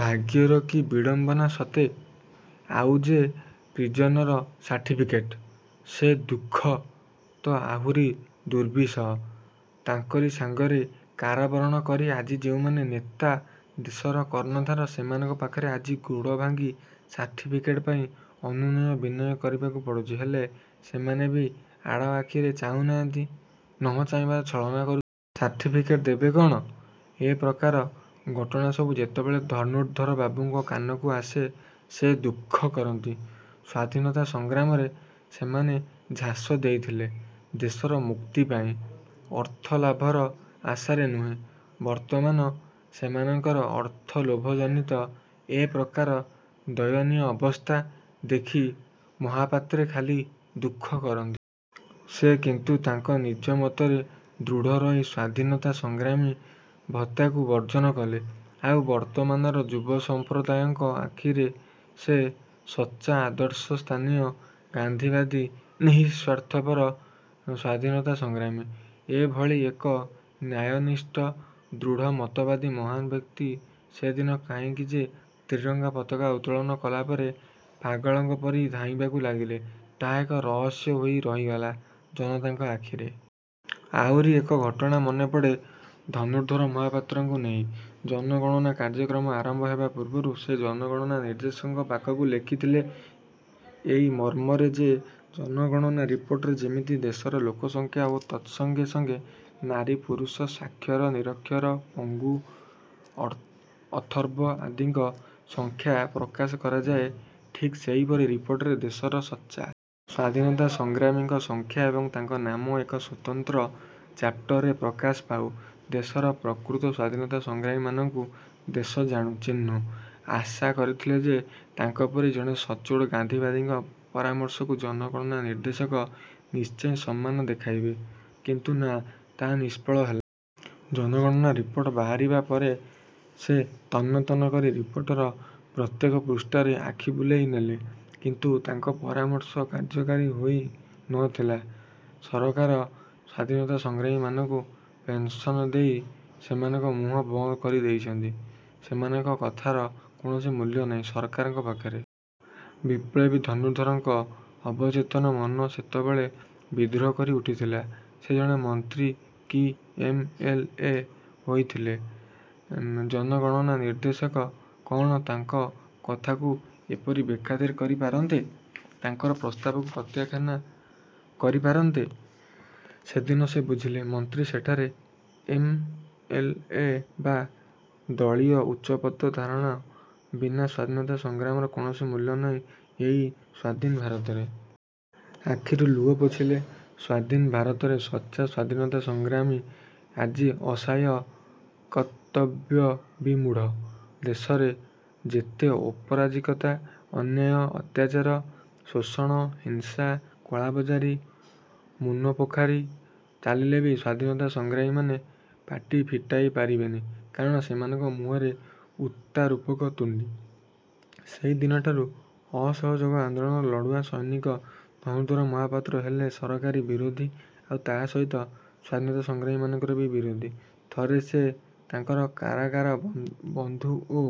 ଭାଗ୍ୟର କି ବିଡ଼ମ୍ବନା ସତେ! ଆଉ ଯେ ପ୍ରିଜିନର ସାର୍ଟିଫିକେଟ? ସେ ଦୁଃଖ ତ ଆହୁରି ଦୁର୍ବିସହ। ତାଙ୍କରି ସାଙ୍ଗରେ କାରାବରଣ କରି ଆଜି ଯେଉଁମାନେ ନେତା, ଦେଶର କର୍ଣ୍ଣଧାର ସେମାନଙ୍କ ପାଖରେ ଆଜି ଗୋଡ଼ ଭାଙ୍ଗି ସାର୍ଟିଫିକେଟ ପାଇଁ ଅନୁନୟ ବିନୟ କରିବାକୁ ପଡ଼ୁଛି ହେଲେ ସେମାନେ ବି ଆଡ଼ଆଖିରେ ଚାହୁଁନାହାନ୍ତି-ନ ଚିହ୍ନିବାର ଛଳନା କରୁଛନ୍ତି। ସାର୍ଟିଫିକେଟ୍ ଦେବେ କ'ଣ? ଏ ପ୍ରକାର ଘଟଣା ସବୁ ଯେତେବେଳେ ଧନୁର୍ଦ୍ଧରବାବୁଙ୍କ କାନକୁ ଆସେ ସେ ଦୁଃଖ କରନ୍ତି। ସ୍ୱାଧୀନତା ସଂଗ୍ରାମରେ ସେମାନେ ଝାସ ଦେଇଥିଲେ ଦେଶର ମୁକ୍ତି ପାଇଁ, ଅର୍ଥ ଲାଭର ଆଶାରେ ନୁହେଁ। ବର୍ତ୍ତମାନ ସେମାନଙ୍କର ଅର୍ଥଲୋଭଜନିତ ଏ ପ୍ରକାର ଦୟନୀୟ ଅବସ୍ଥା ଦେଖି ମହାପାତ୍ରେ ଖାଲି ଦୁଃଖ କରନ୍ତି। ସେ କିନ୍ତୁ ତାଙ୍କ ନିଜ ମତରେ ଦୃଢ଼ ରହି ସ୍ୱାଧୀନତା ସଂଗ୍ରାମୀ ଭତ୍ତାକୁ ବର୍ଜନ କଲେ, ଆଉ ବର୍ତ୍ତମାନର ଯୁବସଂପ୍ରଦାୟଙ୍କ ଆଖିରେ ସେ ସଚ୍ଚା ଆଦର୍ଶସ୍ଥାନୀୟ ଗାନ୍ଧୀବାଦୀ ନିଃସ୍ୱାର୍ଥପର ସ୍ୱାଧୀନତା ସଂଗ୍ରାମୀ। ଏ ଭଳି ଏକ ନ୍ୟାୟନିଷ୍ଠ, ଦୃଢ଼ ମତବାଦୀ ମହାନ ବ୍ୟକ୍ତି ସେଦିନ କାହିଁକି ଯେ ତ୍ରିରଙ୍ଗ ପତାକା ଉତ୍ତୋଳନ କଲାପରେ ପାଗଳଙ୍କ ପରି ଧାଇଁବାକୁ ଲାଗିଲେ ତାହା ଏକ ରହସ୍ୟ ହୋଇ ରହିଗଲା ଜନତାଙ୍କ ଆଖିରେ। ଆହୁରି ଏକ ଘଟଣା ମନେପଡ଼େ ଧନୁର୍ଦ୍ଧର ମହାପାତ୍ରଙ୍କୁ ନେଇ। ଜନଗଣନା କାର୍ଯ୍ୟକ୍ରମ ଆରମ୍ଭ ହେବାପୂର୍ବରୁ ସେ ଜନଗଣନା ନିର୍ଦ୍ଦେଶକଙ୍କ ପାଖକୁ ଲେଖିଥିଲେ ଏଇ ମର୍ମରେ ଯେ, ଜନଗଣନା ରିପୋର୍ଟରେ ଯେମିତି ଦେଶର ଲୋକସଂଖ୍ୟା ଓ ତତ୍ସଙ୍ଗେ ସଙ୍ଗେ ନାରୀ ପୁରୁଷ, ସ୍ଵାକ୍ଷର, ନିରକ୍ଷର, ପଙ୍ଗୁ ଅଥର୍ବ ଆଦିଙ୍କ ସଂଖ୍ୟା ପ୍ରକାଶ କରାଯାଏ ଠିକ୍ ସେଇପରି ରିପୋର୍ଟରେ ଦେଶର ସଚ୍ଚା। ସ୍ୱାଧୀନତା ସଂଗ୍ରାମୀଙ୍କ ସଂଖ୍ୟା ଏବଂ ତାଙ୍କ ନାମ ଏକ ସ୍ୱତନ୍ତ୍ର ଚାପ୍ଟରରେ ପ୍ରକାଶ ପାଉ। ଦେଶର ପ୍ରକୃତ ସ୍ଵାଧୀନତା ସଂଗ୍ରାମୀମାନଙ୍କୁ ଦେଶ ଜାଣୁ, ଚିହ୍ନୁ। ଆଶା କରିଥିଲେ ଯେ, ତାଙ୍କପରି ଜଣେ ସଚ୍ଚୋଟ ଗାନ୍ଧୀବାଦୀଙ୍କ ପରାମର୍ଶକୁ ଜନଗଣନା ନିର୍ଦ୍ଦେଶକ ନିଶ୍ଚୟ ସମ୍ମାନ ଦେଖାଇବେ; କିନ୍ତୁ ନା, ତାହା ନିଷ୍ଫଳ ହେଲା। ଜନଗଣନା ରିପୋର୍ଟ ବାହାରିବା ପରେ ସେ ତନ୍ନ ତନ୍ନ କରି ରିପୋର୍ଟର ପ୍ରତ୍ୟେକ ପୃଷ୍ଠାରେ ଆଖି ବୁଲେଇ ନେଲେ; କିନ୍ତୁ ତାଙ୍କ ପରାମର୍ଶ କାର୍ଯ୍ୟକାରୀ ହୋଇ ନ ଥିଲା। ସରକାର ସ୍ୱାଧୀନତା ସଂଗ୍ରାମୀମାନଙ୍କୁ ପେନ୍ସନ ଦେଇ ସେମାନଙ୍କ ମୁହଁ ବନ୍ଦ କରି ଦେଇଛନ୍ତି, ସେମାନଙ୍କ କଥାର କୌଣସି ମୂଲ୍ୟ ନାହିଁ ସରକାରଙ୍କ ପାଖରେ। ବିପ୍ଳବୀ ଧନୁର୍ଦ୍ଧରଙ୍କ ଅବଚେତନ ମନ ସେତେବେଳେ ବିଦ୍ରୋହ କରି ଉଠିଥିଲା। ସେ ଜଣେ ମନ୍ତ୍ରୀ କି ଏମ୍. ଏଲ. ଏ ହୋଇଥିଲେ ଜନଗଣନା ନିର୍ଦ୍ଦେଶକ କ'ଣ ତାଙ୍କ କଥାକୁ ଏପରି ବେଖାତିର କରି ପାରିଥାନ୍ତେ? ତାଙ୍କର ପ୍ରସ୍ତାବକୁ ପ୍ରତ୍ୟାଖ୍ୟାନ କରି ପାରିଥାନ୍ତେ? ସେଦିନ ସେ ବୁଝିଲେ ମନ୍ତ୍ରୀ, ସେଠାରେ ଏମ: ଏଲ: ଏ: ବା ଦଳୀୟ ଉଚ୍ଚପଦ ଧାରଣ ବିନା ସ୍ୱାଧୀନତା ସଂଗ୍ରାମୀର କୌଣସି ମୂଲ୍ୟ ନାହିଁ ଏହି ସ୍ଵାଧୀନ ଭାରତରେ। ଆଖିରୁ ଲୁହ ପୋଛିଲେ। ସ୍ଵାଧୀନ ଭାରତରେ ସଚ୍ଚା ସ୍ଵାଧୀନତା ସଂଗ୍ରାମୀ ଆଜି ଅସହାୟ, କିଂକର୍ତ୍ତବ୍ୟବିମୂଢ଼। ଦେଶରେ ଯେତେ ଅରାଜକତା, ଅନ୍ୟାୟ, ଅତ୍ୟାଚାର, ଶୋଷଣ, ହିଂସା, କଳାବଜାରୀ, ମୁନାଫାଖୋରୀ ଚାଲିଲେ ବି ସ୍ଵାଧୀନତା ସଂଗ୍ରାମୀମାନେ ପାଟି ଫିଟାଇ ପାରିବେନି; କାରଣ ସେମାନଙ୍କ ମୁହଁରେ ଭତ୍ତାରୂପକ ତୁଣ୍ଡି। ସେଇଦିନଠାରୁ ଅସହଯୋଗ ଆନ୍ଦୋଳନର ଲଢ଼ୁଆ ସୈନିକ ଧନୁର୍ଦ୍ଧର ମହାପାତ୍ର ହେଲେ ସରକାର ବିରୋଧୀ ଆଉ ତା' ସହିତ ସ୍ୱାଧୀନତା ସଂଗ୍ରାମୀମାନଙ୍କର ବି ବିରୋଧୀ। ଥରେ ସେ ତାଙ୍କର କାରାଗାର ବନ୍ଧୁ ଓ